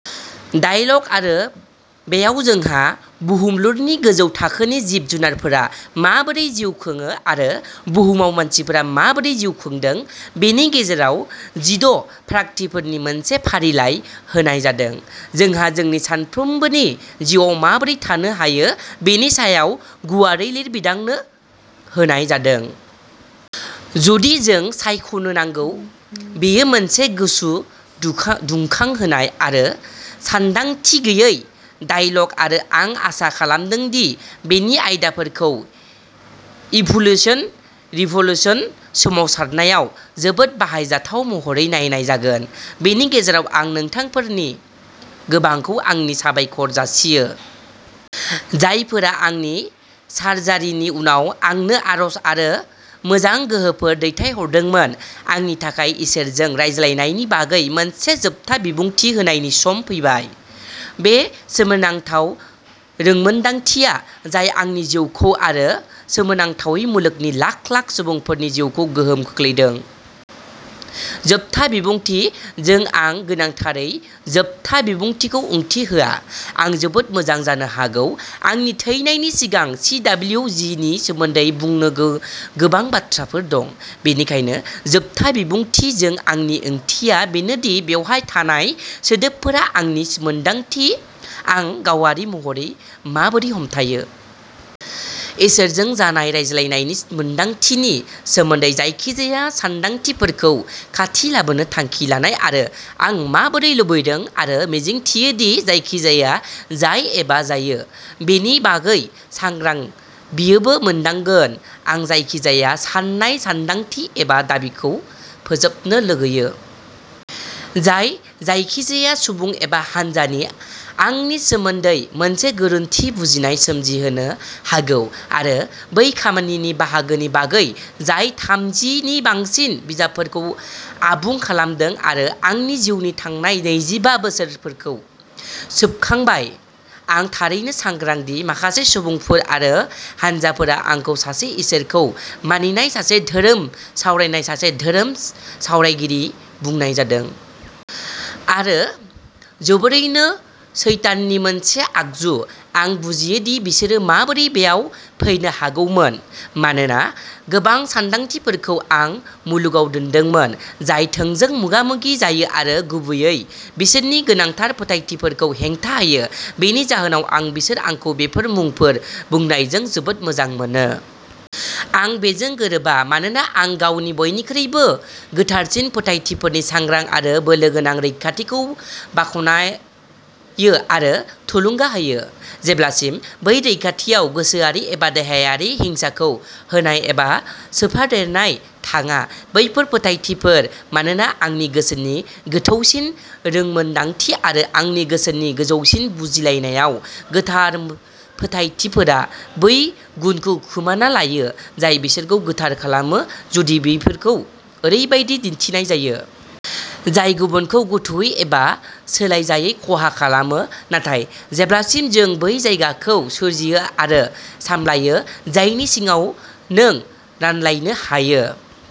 Dialogue आरो बेयाव जोंहा बुहुमलुरनि गोजौ थाखोनि जिब-जुनारफोरा माबोरै जिउ खुङो आरो बुहुमाव मानसिफ्रा माबोरै जिउ खुंदों बेनि गेजेराव जिद’ फारागथिफोरनि मोनसे फारिलाइ होनाय जादों। जोंहा जोंनि सानफ्रोमबोनि जिउआव माबोरै थानो हायो बेनि सायाव गुवारै लिरबिदांबो होनाय जादों। जुदि जों सायख'नो नांगौ। बेयो मोनसे गोसो दुंखा दुंखांहोनाय आरो सानदांथि गैयै डायलग आरो आं आसा खालामदों दि बेनि आयदाफोरखौ इभोलुसन रिभ'लुसन सोमावसारनायाव जोबोद बाहायजाथाव महरै नायनाय जागोन। बेनि गेजेराव आं नोंथांफोरनि गोबांखौ आंनि साबायखर जासियो। जायफोरा आंनि सारजारिनि उनाव आंनो आरज आरो मोजां गोहोफोर दैथायहरदोंमोन। आंनि थाखाय इसोरजों रायज्लायनायनि बागै मोनसे जोबथा बिबुंथि होनायनि सम फैबाय। बे सोमोनांथाव रोंमोनदांथिया जाय आंनि जिउखौ आरो सोमोनांथावै मुलुगनि लाख लाख सुबुंफोरनि जिउखौ गोहोम खोख्लैदों। जोबथा बिबुंथि जों आं गोनांथारै जोबथा बिबुंथिखौ ओंथि होआ। आं जोबोद मोजां जानो हागौ। आंनि थैनायनि सिगां चि.दाब्लिउ. जि. नि सोमोन्दै बुंनो गो- गोबां बाथ्राफोर दं। बेनिखायनो जोबथा बिबुंथि जों आंनि ओंथिया बेनोदि बेवहाय थानाय सोदोबफोरा आंनि मोन्दांथि आं गावारि महरै माबोरै हमथायो। इसोरजों जानाय रायज्लायनायनि मोन्दांथिनि सोमोन्दै जायखिजाया सान्दांथिफोरखौ खाथि लाबोनो थांखि लानाय आरो आं माबोरै लुबैदों आरो मिजिंथियो दि जायखिजाया जाय एबा जायो। बेनि बागै सांग्रां बियोबो मोनदांगोन। आं जायखिजाया साननाय, सानदांथि, एबा दाबिखौ फोजोबनो लुगैयो। जाय जायखिजाया सुबुं एबा हान्जानि आंनि सोमोन्दै मोनसे गोरोन्थि बुजिनाय सोमजिहोनो हागौ आरो बै खामानिनि बाहागोनि बागै जाय थामजि नि बांसिन बिजाबफोरखौ आबुं खालामदों आरो आंनि जिउनि थांनाय नैजि बा बोसोरफोरखौ सोबखांबाय। आं थारैनो सांग्रां दि माखासे सुबुंफोर आरो हानजाफोरा आंखौ सासे इसोरखौ मानिनाय सासे धोरोम सावराय सासे धोरोम सावरायगिरि बुंनाय जादों। आरो जोबोरैनो सैताननि मोनसे आगजु। आं बुजियो दि बिसोरो माबोरै बेयाव फैनो हागौमोन। मानोना गोबां सानदांथिफोरखौ आं मुलुगाव दोनदोंमोन। जाय थोंजों मोगा-मोगि जायो आरो गुबैयै बिसोरनि गोथार फोथायथिफोरखौ हेंथा होयो। बेनि जाहोनाव आं बिसोर आंखौ बेफोर मुंफोर बुंनायजों जोबोद मोजां मोनो। आं बेजों गोरोबा मानोना आं गावनि बयनिख्रुइबो गोथारसिन फोथायथिफोरनि सांग्रां आरो बोलोगोनां रैखाथिखौ बाखनायो आरो थुलुंगा होयो। जेब्लासिम बै रैखाथियाव गोसोआरि एबा देहायारि हिंसाखौ होनाय एबा सोफादेरनाय थाङा। बैफोर फोथायथिफोर। मानोना आंनि गोसोनि गोथौसिन रोंमोनदांथि आरो आंनि गोसोनि गोजौसिन बुजिलायनायाव गोथार फोथायथिफोरा बै गुनखौ खोमाना लायो जाय बिसोरखौ गोथार खालामो जुदि बेफोरखौ ओरैबायदि दिन्थिनाय जायो। जाय गुबुनखौ गोथौवै एबा सोलायजायै खहा खालामो। नाथाय जेब्लासिम जों बै जायगाखौ सोरजियो आरो सामलायो जायनि सिङाव नों रानलायनो हायो।